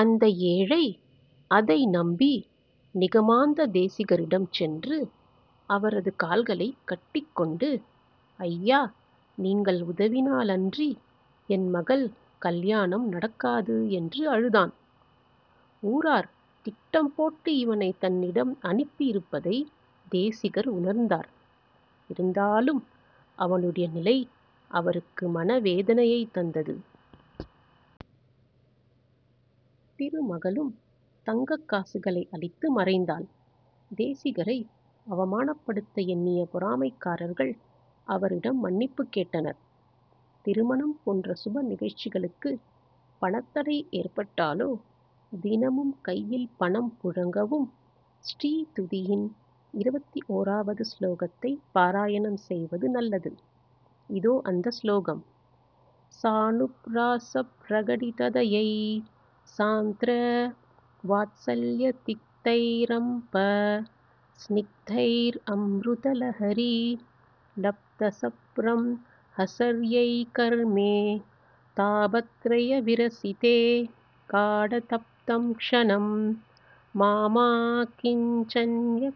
அந்த ஏழை அதை நம்பி, நிகமாந்த தேசிகரிடம் சென்று அவரது கால்களைக் கட்டிக் கொண்டு,""ஐயா! நீங்கள் உதவினால் அன்றி என் மகள் கல்யாணம் நடக்காது'' என்று அழுதான். ஊரார் திட்டம் போட்டு இவனை தன்னிடம் அனுப்பி இருப்பதை தேசிகர் உணர்ந்தார். இருந்தாலும், அவனுடைய நிலை அவருக்கு மனவேதனையைத் தந்தது. திருமகளும் தங்கக்காசுகளை அளித்து மறைந்தாள். தேசிகரை அவமானப்படுத்த எண்ணிய பொறாமைக்காரர்கள் அவரிடம் மன்னிப்பு கேட்டனர். திருமணம் போன்ற சுபநிகழ்ச்சிகளுக்கு பணத்தடை ஏற்பட்டாலோ, தினமும் கையில் பணம் புழங்கவும் ஸ்ரீஸ்துதியின் இருபத்தி ஒன்று வது ஸ்லோகத்தைப் பாராயணம் செய்வது நல்லது. இதோ அந்த ஸ்லோகம். ஸானுப்ராஸப்ரகடிததயை: ஸாந்த்ர வாத்ஸல்யதிக்தைரம்ப ஸ்நிக்தைர் அம்ருதலஹரீ லப்தஸப்ரம்ஹசர்யைகர்மே தாபத்ரய விரசிதே காடதப்தம் க்ஷணம் மாமாகிஞ்சன்ய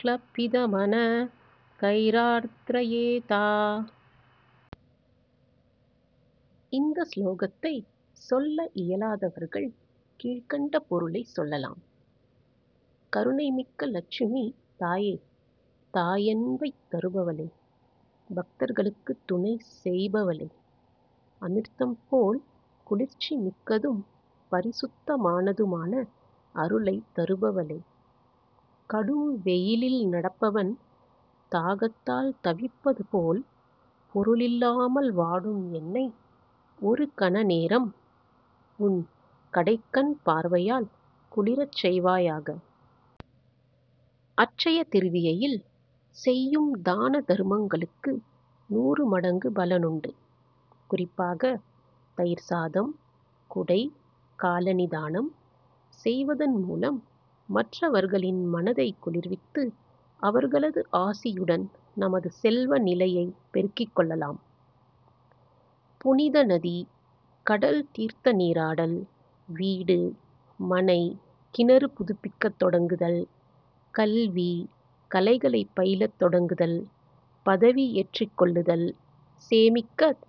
க்லபிதமன கைரார்த்ரயேதா,!! இந்த ஸ்லோகத்தை சொல்ல இயலாதவர்கள் கீழ்க்கண்ட பொருளைச் சொல்லலாம். கருணை மிக்க லட்சுமி தாயே! தாயன்பைத் தருபவளே! பக்தர்களுக்கு துணை செய்பவளே! அமிர்தம் போல் குளிர்ச்சிமிக்கதும், பரிசுத்தமானதுமான அருளைத் தருபவளே! கடும் வெயிலில் நடப்பவன் தாகத்தால் தவிப்பது போல், பொருளில்லாமல் வாடும் என்னை ஒரு கணநேரம் உன் கடைக்கண் பார்வையால் குளிரச் செய்வாயாக. அட்சயதிரிதியையில் செய்யும் தானதர்மங்களுக்கு நூறு மடங்கு பலன் உண்டு. குறிப்பாக தயிர்சாதம், குடை, காலணி தானம் செய்வதன் மூலம் மற்றவர்களின் மனதைக் குளிர்வித்து அவர்களது ஆசியுடன் நமது செல்வநிலையைப் பெருக்கிக் கொள்ளலாம். புனித நதி, கடல் தீர்த்தநீராடல், வீடு, மனை, கிணறு புதுப்பிக்கத் தொடங்குதல், கல்வி, கலைகளைப் பயிலத் தொடங்குதல், பதவி ஏற்றுக் கொள்ளுதல், சேமிக்கத்